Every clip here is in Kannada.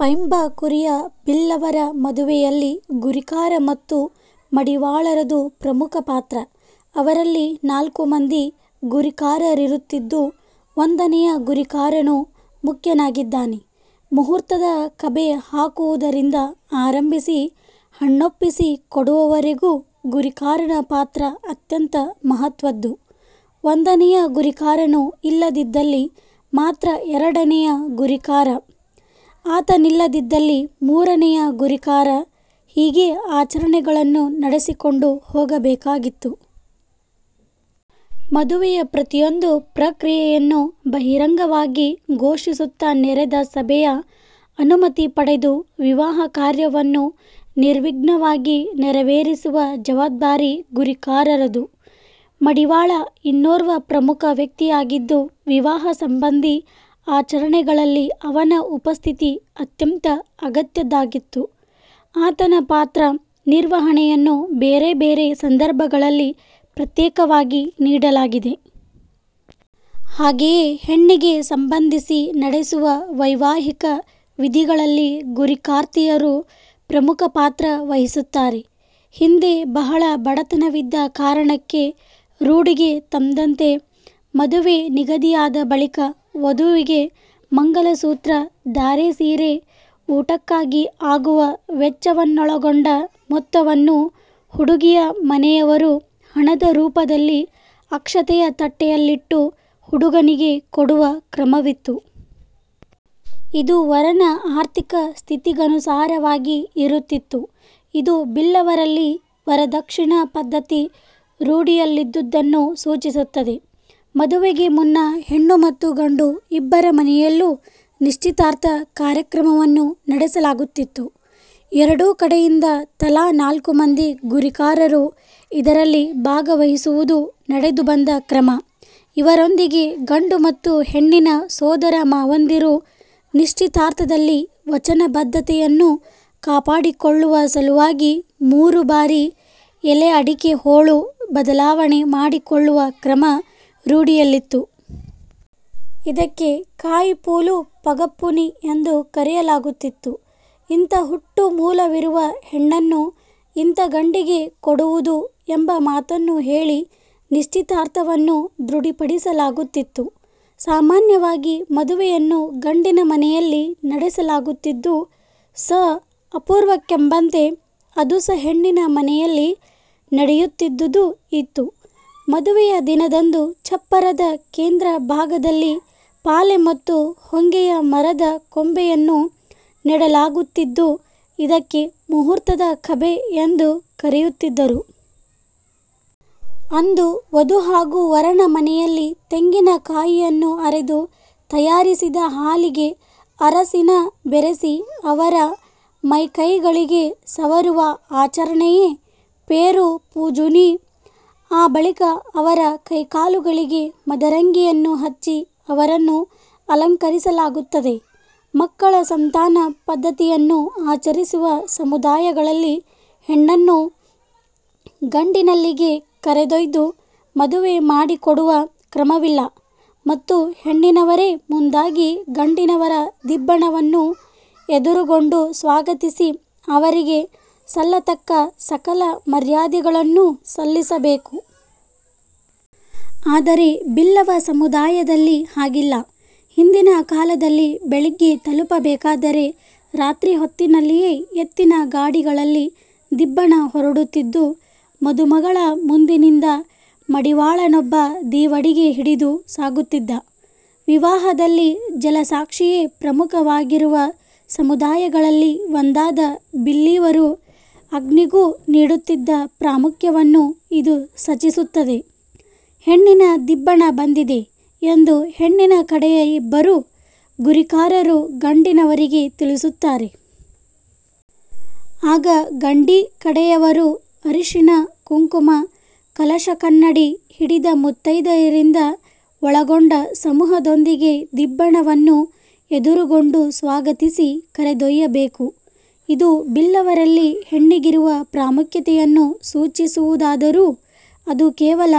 ಪೈಂಬ ಕುರಿಯ, ಬಿಲ್ಲವರ ಮದುವೆಯಲ್ಲಿ ಗುರಿಕಾರ ಮತ್ತು ಮಡಿವಾಳರದು ಪ್ರಮುಖ ಪಾತ್ರ. ಅವರಲ್ಲಿ ನಾಲ್ಕು ಮಂದಿ ಗುರಿಕಾರರಿರುತ್ತಿದ್ದು, ಒಂದನೆಯ ಗುರಿಕಾರನು ಮುಖ್ಯನಾಗಿದ್ದಾನೆ. ಮುಹೂರ್ತದ ಕಬೆ ಹಾಕುವುದರಿಂದ ಆರಂಭಿಸಿ, ಹೆಣ್ಣೊಪ್ಪಿಸಿ ಕೊಡುವವರೆಗೂ ಗುರಿಕಾರನ ಪಾತ್ರ ಅತ್ಯಂತ ಮಹತ್ವದ್ದು. ಒಂದನೆಯ ಗುರಿಕಾರನು ಇಲ್ಲದಿದ್ದಲ್ಲಿ ಮಾತ್ರ ಎರಡನೆಯ ಗುರಿಕಾರ, ಆತನಿಲ್ಲದಿದ್ದಲ್ಲಿ ಮೂರನೆಯ ಗುರಿಕಾರ ಹೀಗೆ ಆಚರಣೆಗಳನ್ನು ನಡೆಸಿಕೊಂಡು ಹೋಗಬೇಕಾಗಿತ್ತು. ಮದುವೆಯ ಪ್ರತಿಯೊಂದು ಪ್ರಕ್ರಿಯೆಯನ್ನು ಬಹಿರಂಗವಾಗಿ ಘೋಷಿಸುತ್ತ ನೆರೆದ ಸಭೆಯ ಅನುಮತಿ ಪಡೆದು ವಿವಾಹ ಕಾರ್ಯವನ್ನು ನಿರ್ವಿಘ್ನವಾಗಿ ನೆರೆವೇರಿಸುವ ಜವಾಬ್ದಾರಿ ಗುರಿಕಾರರದು. ಮಡಿವಾಳ ಇನ್ನೋರ್ವ ಪ್ರಮುಖ ವ್ಯಕ್ತಿಯಾಗಿದ್ದು, ವಿವಾಹ ಸಂಬಂಧಿ ಆಚರಣೆಗಳಲ್ಲಿ ಅವನ ಉಪಸ್ಥಿತಿ ಅತ್ಯಂತ ಅಗತ್ಯದ್ದಾಗಿತ್ತು. ಆತನ ಪಾತ್ರ ನಿರ್ವಹಣೆಯನ್ನು ಬೇರೆ ಬೇರೆ ಸಂದರ್ಭಗಳಲ್ಲಿ ಪ್ರತ್ಯೇಕವಾಗಿ ನೀಡಲಾಗಿದೆ. ಹಾಗೆಯೇ ಹೆಣ್ಣಿಗೆ ಸಂಬಂಧಿಸಿ ನಡೆಸುವ ವೈವಾಹಿಕ ವಿಧಿಗಳಲ್ಲಿ ಗುರಿಕಾರ್ತಿಯರು ಪ್ರಮುಖ ಪಾತ್ರ ವಹಿಸುತ್ತಾರೆ. ಹಿಂದೆ ಬಹಳ ಬಡತನವಿದ್ದ ಕಾರಣಕ್ಕೆ ರೂಢಿಗೆ ತಂದಂತೆ ಮದುವೆ ನಿಗದಿಯಾದ ಬಳಿಕ ವಧುವಿಗೆ ಮಂಗಲಸೂತ್ರ, ಧಾರೆಸೀರೆ, ಊಟಕ್ಕಾಗಿ ಆಗುವ ವೆಚ್ಚವನ್ನೊಳಗೊಂಡ ಮೊತ್ತವನ್ನು ಹುಡುಗಿಯ ಮನೆಯವರು ಹಣದ ರೂಪದಲ್ಲಿ ಅಕ್ಷತೆಯ ತಟ್ಟೆಯಲ್ಲಿಟ್ಟು ಹುಡುಗನಿಗೆ ಕೊಡುವ ಕ್ರಮವಿತ್ತು. ಇದು ವರನ ಆರ್ಥಿಕ ಸ್ಥಿತಿಗನುಸಾರವಾಗಿ ಇರುತ್ತಿತ್ತು. ಇದು ಬಿಲ್ಲವರಲ್ಲಿ ವರದಕ್ಷಿಣ ಪದ್ದತಿ ರೂಢಿಯಲ್ಲಿದ್ದುದನ್ನು ಸೂಚಿಸುತ್ತದೆ. ಮದುವೆಗೆ ಮುನ್ನ ಹೆಣ್ಣು ಮತ್ತು ಗಂಡು ಇಬ್ಬರ ಮನೆಯಲ್ಲೂ ನಿಶ್ಚಿತಾರ್ಥ ಕಾರ್ಯಕ್ರಮವನ್ನು ನಡೆಸಲಾಗುತ್ತಿತ್ತು. ಎರಡೂ ಕಡೆಯಿಂದ ತಲಾ ನಾಲ್ಕು ಮಂದಿ ಗುರಿಕಾರರು ಇದರಲ್ಲಿ ಭಾಗವಹಿಸುವುದು ನಡೆದುಬಂದ ಕ್ರಮ. ಇವರೊಂದಿಗೆ ಗಂಡು ಮತ್ತು ಹೆಣ್ಣಿನ ಸೋದರಮಾವಂದಿರು ನಿಶ್ಚಿತಾರ್ಥದಲ್ಲಿ ವಚನಬದ್ಧತೆಯನ್ನು ಕಾಪಾಡಿಕೊಳ್ಳುವ ಸಲುವಾಗಿ ಮೂರು ಬಾರಿ ಎಲೆ ಅಡಿಕೆ ಹೋಳು ಬದಲಾವಣೆ ಮಾಡಿಕೊಳ್ಳುವ ಕ್ರಮ ರೂಢಿಯಲ್ಲಿತ್ತು. ಇದಕ್ಕೆ "ಕಾಯಿ ಪೂಲು ಪಗಪ್ಪುನಿ" ಎಂದು ಕರೆಯಲಾಗುತ್ತಿತ್ತು. "ಇಂಥ ಹುಟ್ಟುಮೂಲವಿರುವ ಹೆಣ್ಣನ್ನು ಇಂಥ ಗಂಡಿಗೆ ಕೊಡುವುದು" ಎಂಬ ಮಾತನ್ನು ಹೇಳಿ ನಿಶ್ಚಿತಾರ್ಥವನ್ನು ದೃಢೀಪಡಿಸಲಾಗುತ್ತಿತ್ತು. ಸಾಮಾನ್ಯವಾಗಿ ಮದುವೆಯನ್ನು ಗಂಡಿನ ಮನೆಯಲ್ಲಿ ನಡೆಸಲಾಗುತ್ತಿದ್ದು, ಸ ಅಪೂರ್ವಕ್ಕೆಂಬಂತೆ ಅದುಸ ಹೆಣ್ಣಿನ ಮನೆಯಲ್ಲಿ ನಡೆಯುತ್ತಿದ್ದುದೂ ಇತ್ತು. ಮದುವೆಯ ದಿನದಂದು ಚಪ್ಪರದ ಕೇಂದ್ರ ಭಾಗದಲ್ಲಿ ಪಾಲೆ ಮತ್ತು ಹೊಂಗೆಯ ಮರದ ಕೊಂಬೆಯನ್ನು ನೆಡಲಾಗುತ್ತಿದ್ದು, ಇದಕ್ಕೆ "ಮುಹೂರ್ತದ ಕಬೆ" ಎಂದು ಕರೆಯುತ್ತಿದ್ದರು. ಅಂದು ವಧು ಹಾಗೂ ವರನ ಮನೆಯಲ್ಲಿ ತೆಂಗಿನ ಕಾಯಿಯನ್ನು ಅರೆದು ತಯಾರಿಸಿದ ಹಾಲಿಗೆ ಅರಸಿನ ಬೆರೆಸಿ ಅವರ ಮೈ ಕೈಗಳಿಗೆ ಸವರುವ ಆಚರಣೆಯೇ "ಪೇರು ಪೂಜುನಿ" ಆ ಬಳಿಕ ಅವರ ಕೈಕಾಲುಗಳಿಗೆ ಮದರಂಗಿಯನ್ನು ಹಚ್ಚಿ ಅವರನ್ನು ಅಲಂಕರಿಸಲಾಗುತ್ತದೆ. ಮಕ್ಕಳ ಸಂತಾನ ಪದ್ಧತಿಯನ್ನು ಆಚರಿಸುವ ಸಮುದಾಯಗಳಲ್ಲಿ ಹೆಣ್ಣನ್ನು ಗಂಡಿನಲ್ಲಿಗೆ ಕರೆದೊಯ್ದು ಮದುವೆ ಮಾಡಿಕೊಡುವ ಕ್ರಮವಿಲ್ಲ ಮತ್ತು ಹೆಣ್ಣಿನವರೇ ಮುಂದಾಗಿ ಗಂಡಿನವರ ದಿಬ್ಬಣವನ್ನು ಎದುರುಗೊಂಡು ಸ್ವಾಗತಿಸಿ, ಅವರಿಗೆ ಸಲ್ಲತಕ್ಕ ಸಕಲ ಮರ್ಯಾದೆಗಳನ್ನೂ ಸಲ್ಲಿಸಬೇಕು. ಆದರೆ ಬಿಲ್ಲವ ಸಮುದಾಯದಲ್ಲಿ ಹಾಗಿಲ್ಲ. ಹಿಂದಿನ ಕಾಲದಲ್ಲಿ ಬೆಳಿಗ್ಗೆ ತಲುಪಬೇಕಾದರೆ ರಾತ್ರಿ ಹೊತ್ತಿನಲ್ಲಿಯೇ ಎತ್ತಿನ ಗಾಡಿಗಳಲ್ಲಿ ದಿಬ್ಬಣ ಹೊರಡುತ್ತಿದ್ದು, ಮದುಮಗಳ ಮುಂದಿನಿಂದ ಮಡಿವಾಳನೊಬ್ಬ ದೀವಡಿಗೆ ಹಿಡಿದು ಸಾಗುತ್ತಿದ್ದ. ವಿವಾಹದಲ್ಲಿ ಜಲಸಾಕ್ಷಿಯೇ ಪ್ರಮುಖವಾಗಿರುವ ಸಮುದಾಯಗಳಲ್ಲಿ ಒಂದಾದ ಬಿಲ್ಲಿವರು ಅಗ್ನಿಗೂ ನೀಡುತ್ತಿದ್ದ ಪ್ರಾಮುಖ್ಯವನ್ನು ಇದು ಸಚಿಸುತ್ತದೆ. ಹೆಣ್ಣಿನ ದಿಬ್ಬಣ ಬಂದಿದೆ ಎಂದು ಹೆಣ್ಣಿನ ಕಡೆಯ ಇಬ್ಬರು ಗುರಿಕಾರರು ಗಂಡಿನವರಿಗೆ ತಿಳಿಸುತ್ತಾರೆ. ಆಗ ಗಂಡಿ ಕಡೆಯವರು ಅರಶಿನ-ಕುಂಕುಮ, ಕಲಶಕನ್ನಡಿ ಹಿಡಿದ ಮುತ್ತೈದೆಯರಿಂದ ಒಳಗೊಂಡ ಸಮೂಹದೊಂದಿಗೆ ದಿಬ್ಬಣ್ಣವನ್ನು ಎದುರುಗೊಂಡು ಸ್ವಾಗತಿಸಿ, ಕರೆದೊಯ್ಯಬೇಕು. ಇದು ಬಿಲ್ಲವರಲ್ಲಿ ಹೆಣ್ಣಿಗಿರುವ ಪ್ರಾಮುಖ್ಯತೆಯನ್ನು ಸೂಚಿಸುವುದಾದರೂ ಅದು ಕೇವಲ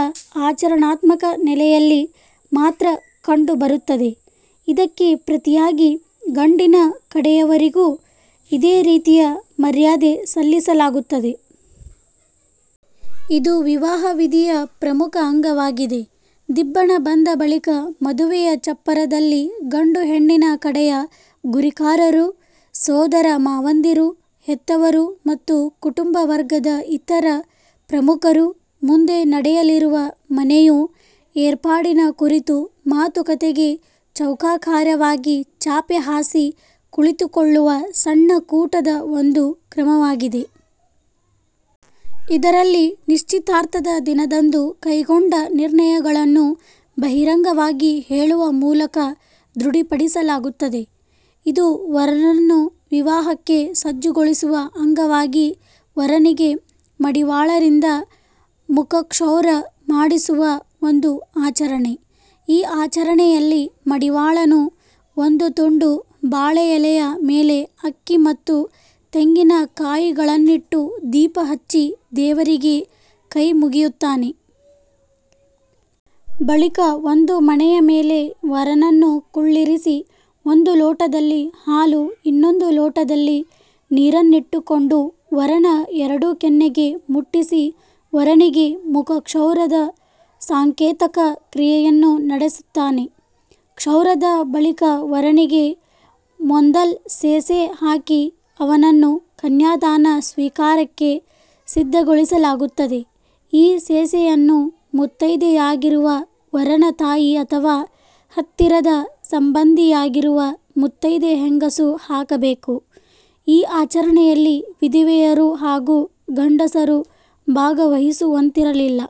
ಆಚರಣಾತ್ಮಕ ನೆಲೆಯಲ್ಲಿ ಮಾತ್ರ ಕಂಡು ಬರುತ್ತದೆ. ಇದಕ್ಕೆ ಪ್ರತಿಯಾಗಿ ಗಂಡಿನ ಕಡೆಯವರಿಗೂ ಇದೇ ರೀತಿಯ ಮರ್ಯಾದೆ ಸಲ್ಲಿಸಲಾಗುತ್ತದೆ. ಇದು ವಿವಾಹ ವಿಧಿಯ ಪ್ರಮುಖ ಅಂಗವಾಗಿದೆ. ದಿಬ್ಬಣ ಬಂದ ಬಳಿಕ ಮದುವೆಯ ಚಪ್ಪರದಲ್ಲಿ ಗಂಡು-ಹೆಣ್ಣಿನ ಕಡೆಯ ಗುರಿಕಾರರು, ಸೋದರ ಮಾವಂದಿರು, ಹೆತ್ತವರು ಮತ್ತು ಕುಟುಂಬ ವರ್ಗದ ಇತರ ಪ್ರಮುಖರು ಮುಂದೆ ನಡೆಯಲಿರುವ ಮನೆಯು ಏರ್ಪಾಡಿನ ಕುರಿತು ಮಾತುಕತೆಗೆ ಚೌಕಾಕಾರವಾಗಿ ಚಾಪೆ ಹಾಸಿ ಕುಳಿತುಕೊಳ್ಳುವ ಸಣ್ಣ ಕೂಟದ ಒಂದು ಕ್ರಮವಾಗಿದೆ. ಇದರಲ್ಲಿ ನಿಶ್ಷಿತಾರ್ಥದ ದಿನದಂದು ಕೈಗೊಂಡ ನಿರ್ಣಯಗಳನ್ನು ಬಹಿರಂಗವಾಗಿ ಹೇಳುವ ಮೂಲಕ ದೃಢೀಪಡಿಸಲಾಗುತ್ತದೆ. ಇದು ವರನನ್ನು ವಿವಾಹಕ್ಕೆ ಸಜ್ಜುಗೊಳಿಸುವ ಅಂಗವಾಗಿ ವರನಿಗೆ ಮಡಿವಾಳರಿಂದ ಮುಖಕ್ಷೌರ ಮಾಡಿಸುವ ಒಂದು ಆಚರಣೆ. ಈ ಆಚರಣೆಯಲ್ಲಿ ಮಡಿವಾಳನು ಒಂದು ತುಂಡು ಬಾಳೆ ಎಲೆಯ ಮೇಲೆ ಅಕ್ಕಿ ಮತ್ತು ತೆಂಗಿನಕಾಯಿಗಳನ್ನಿಟ್ಟು ದೀಪ ಹಚ್ಚಿ ದೇವರಿಗೆ ಕೈಮುಗಿಯುತ್ತಾನೆ. ಬಳಿಕ ಒಂದು ಮಣೆಯ ಮೇಲೆ ವರನನ್ನು ಕುಳ್ಳಿರಿಸಿ ಒಂದು ಲೋಟದಲ್ಲಿ ಹಾಲು ಇನ್ನೊಂದು ಲೋಟದಲ್ಲಿ ನೀರನ್ನಿಟ್ಟುಕೊಂಡು ವರನ ಎರಡೂ ಕೆನ್ನೆಗೆ ಮುಟ್ಟಿಸಿ ವರನಿಗೆ ಮುಖ ಕ್ಷೌರದ ಸಾಂಕೇತಕ ಕ್ರಿಯೆಯನ್ನು ನಡೆಸುತ್ತಾನೆ. ಕ್ಷೌರದ ಬಳಿಕ ವರನಿಗೆ ಮೋಂದಲ್ ಸೇಸೆ ಹಾಕಿ ಅವನನ್ನು ಕನ್ಯಾದಾನ ಸ್ವೀಕಾರಕ್ಕೆ ಸಿದ್ಧಗೊಳಿಸಲಾಗುತ್ತದೆ. ಈ ಸೇಸೆಯನ್ನು ಮುತ್ತೈದೆಯಾಗಿರುವ ವರನ ತಾಯಿ ಅಥವಾ ಹತ್ತಿರದ ಸಂಬಂಧಿಯಾಗಿರುವ ಮುತ್ತೈದೆ ಹೆಂಗಸು ಹಾಕಬೇಕು. ಈ ಆಚರಣೆಯಲ್ಲಿ ವಿಧವೆಯರು ಹಾಗೂ ಗಂಡಸರು ಭಾಗವಹಿಸುವಂತಿರಲಿಲ್ಲ.